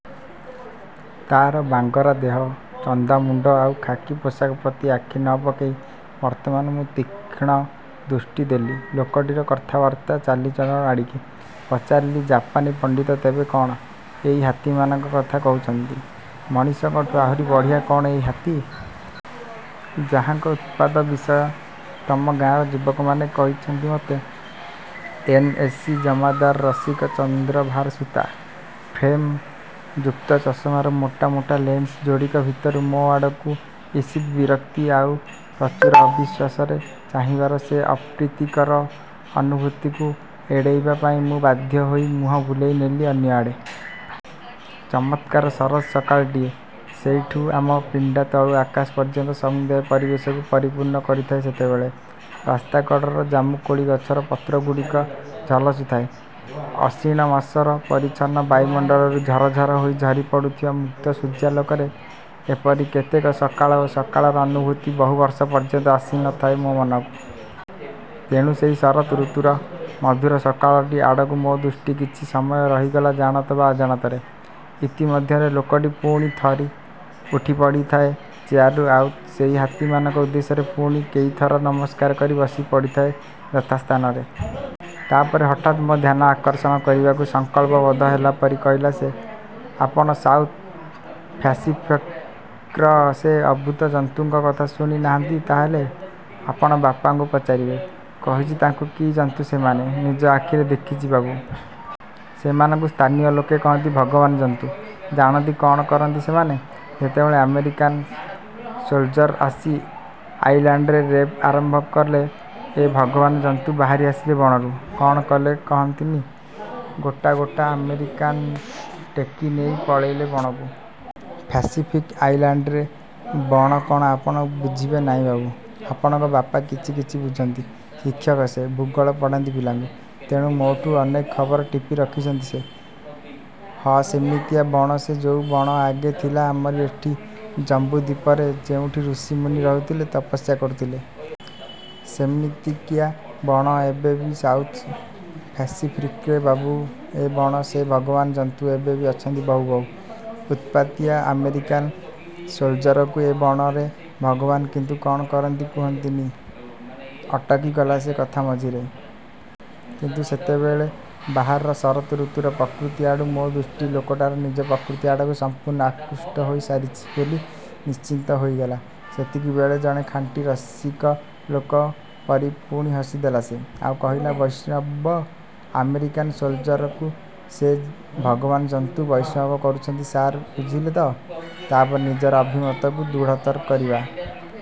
ତାର ବାଙ୍ଗରା ଦେହ, ଚନ୍ଦାମୁଣ୍ଡ ଆଉ ଖାକି ପୋଷାକ ପ୍ରତି ଆଖି ନ ପକେଇ ବର୍ତ୍ତମାନ ମୁଁ ତୀକ୍ଷଣ ଦୃଷ୍ଟି ଦେଲି ଲୋକଟିର କଥାବାର୍ତ୍ତା ଚାଲିଚଲଣ ଆଡ଼ିକି। ପଚାରିଲି– "ଜାପାନୀ ପଣ୍ଡିତ ତେବେ କ'ଣ ଏଇ ହାତୀମାନଙ୍କ କଥା କହୁଚନ୍ତି? ମଣିଷଙ୍କଠୁଁ ଆହୁରି ବଢ଼ିଆ କ'ଣ ଏଇ ହାତୀ? –ଯାହାଙ୍କ ଉତ୍ପାତ ବିଷୟ ତମ ଗାଁର ଯୁବକମାନେ କହିଚନ୍ତି ମତେ? " ଏନ୍. ଏ. ସି. ଜମାଦାର ରସିକ ଚନ୍ଦ୍ର ଭାର ସୂତା। ଫ୍ରେମ୍ ଯୁକ୍ତ ଚଷମାର ମୋଟା ମୋଟା ଲେନ୍ସ ଯୋଡ଼ିକ ଭିତରୁ ମୋ ଆଡ଼କୁ ଇଷିତ୍ ବିରକ୍ତି ଆଉ ପ୍ରଚୁର ଅବିଶ୍ଵାସରେ ଚାହିଁବାର ସେ ଅପ୍ରୀତିକର ଅନୁଭୂତିକୁ ଏଡ଼େଇବା ପାଇଁ ମୁଁ ବାଧ୍ୟ ହୋଇ ମୁହଁ ବୁଲେଇ ନେଲି ଅନ୍ୟଆଡ଼େ। ଚମତ୍କାର ଶରତ୍ ସକାଳଟିଏ, ସେଇଠୁ ଆମ ପିଣ୍ଡା ତଳୁ ଆକାଶ ପର୍ଯ୍ୟନ୍ତ ସମୁଦାୟ ପରିବେଶକୁ ପରିପୁର୍ଣ୍ଣ କରିଥାଏ ସେତେବେଳେ। ରାସ୍ତା କଡ଼ର ଜାମୁକୋଳି ଗଛର ପତ୍ରଗୁଡ଼ିକ ଝଲସୁଥାଏ। ଅଶିଣ ମାସର ପରିଚ୍ଛନ୍ନ ବାୟୁମଣ୍ଡଳରୁ ଝରଝର ହେଇ ଝରି ପଡ଼ୁଥିବା ମୁକ୍ତ ସୂର୍ଯ୍ୟାଲୋକରେ। ଏପରି କେତେକ ସକାଳ ଓ ସକାଳର ଅନୁଭୂତି ବହୁ ବର୍ଷ ପର୍ଯ୍ୟନ୍ତ ଆସି ନ ଥାଏ ମୋ ମନକୁ। ତେଣୁ ସେଇ ଶରତ୍ ଋତୁର ମଧୁର ସକାଳଟି ଆଡ଼କୁ ମୋ ଦୃଷ୍ଟି କିଛି ସମୟ ରହିଗଲା ଜାଣତ ବା ଅଜାଣତରେ। ଇତିମଧ୍ୟରେ ଲୋକଟି ପୁଣି ଥରେ ଉଠିପଡ଼ି ଥାଏ ଚେୟାରରୁ ଆଉ ସେଇ ହାତୀମାନଙ୍କ ଉଦ୍ଦେଶ୍ୟରେ ପୁଣି କେଇଥର ନମସ୍କାର କରି ବସି ପଡ଼ିଥାଏ ଯଥା ସ୍ଥାନରେ। ତାପରେ ହଠାତ୍ ମୋ ଧ୍ୟାନ ଆକର୍ଷଣ କରିବାକୁ ସଂକଳ୍ପବଦ୍ଧ ହେଲା ପରି କହିଲା ସେ– "ଆପଣ ସାଉଥ୍ ପ୍ୟାସିଫିକ୍ର ସେ ଅଦ୍ଭୁତ ଜନ୍ତୁଙ୍କ କଥା ଶୁଣି ନାହାଁନ୍ତି ତା' ହେଲେ। ଆପଣଙ୍କ ବାପାଙ୍କୁ ପଚାରିବେ–କହିଚି ତାଙ୍କୁ କି ଜନ୍ତୁ ସେମାନେ। ନିଜ ଆଖିରେ ଦେଖିଚି ବାବୁ! ସେମାନଙ୍କୁ ସ୍ଥାନୀୟ ଲୋକେ କହନ୍ତି ଭଗବାନ ଜନ୍ତୁ। ଜାଣନ୍ତି କଅଣ କରନ୍ତି ସେମାନେ? ଯେତେବେଳେ ଆମେରିକାନ୍ ସୋଲ୍ଜର୍ ଆସି ଆଇଲାଣ୍ଡରେ ରେପ୍ ଆରମ୍ଭ କଲେ, ଏ ଭଗବାନ ଜନ୍ତୁ ବାହାରି ଆସିଲେ ବଣରୁ। କ'ଣ କଲେ କହନ୍ତୁ ନି? ଗୋଟା ଗୋଟା ଆମେରିକାନ୍ଙ୍କୁ ଟେକି ନେଇ ପଳେଇଲେ ବଣକୁ। ପ୍ୟାସିଫିକ୍ ଆଇଲାଣ୍ଡରେ ବଣ କ'ଣ ଆପଣ ବୁଝିବେ ନାଇଁ ବାବୁ। ଆପଣଙ୍କ ବାପା କିଛି କିଛି ବୁଝନ୍ତି। ଶିକ୍ଷକ ସେ, ଭୂଗୋଳ ପଢ଼ାନ୍ତି ପିଲାଙ୍କୁ। ତେଣୁ ମୋ'ଠୁ ଅନେକ ଖବର ଟିପି ରଖିଛନ୍ତି ସେ। ହ ସେମିତିଆ ବଣ ସେ–ଯୋଉ ବଣ ଅଗେ ଥିଲା ଆମର ଏଠି ଜମ୍ବୁଦ୍ୱୀପରେ, ଯେଉଁଠି ଋଷି ମୁନି ରହୁଥିଲେ, ତପସ୍ୟା କରୁଥିଲେ। ସେମିତିକିଆ ବଣ ଏବେ ବି ଅଛି ସାଉଥ୍ ପ୍ୟାସିଫିକ୍ରେ, ବାବୁ! ଏ ବଣରେ ସେ ଭଗବାନ ଜନ୍ତୁ ଏବେ ବି ଅଛନ୍ତି ବହୁ ବହୁ-। ଉତ୍ପାତିଆ ଆମେରିକାନ୍ ସୋଲଜରକୁ ଏ ବଣରେ ଭଗବାନ କିନ୍ତୁ କ'ଣ କରନ୍ତି କୁହନ୍ତୁ ନି? " ଅଟକି ଗଲା ସେ କଥା ମଝିରେ। କିନ୍ତୁ, ସେତେବେଳେ ବାହାରର ଶରତ୍ ଋତୁର ପ୍ରକୃତି ଆଡ଼ୁ ମୋ ଦୃଷ୍ଟି ଲୋକଟାର ନିଜ ପ୍ରକୃତି ଆଡ଼କୁ ସଂପୂର୍ଣ୍ଣ ଆକୃଷ୍ଟ ହୋଇ ସାରିଚି ବୋଲି ନିଶ୍ଚିତ ହୋଇଗଲା ସେତିକିବେଳେ ଜଣେ ଖାଣ୍ଟି ରସିକ ଲୋକ ପରି ପୁଣି ହସିଦେଲା ସେ, ଆଉ କହିଲା– ''ବୈଷ୍ଣମ୍ବ। ଆମେରିକାନ୍ ସୋଲ୍ଜର୍କୁ ସେ ଭଗବାନ ଜନ୍ତୁ ବୈଷ୍ଣମ୍ବ କରୁଛନ୍ତି ସାର୍ ବୁଝିଲେ ତ! " ତା'ପରେ ନିଜର ଅଭିମତକୁ ଦୃଢ଼ତର କରିବା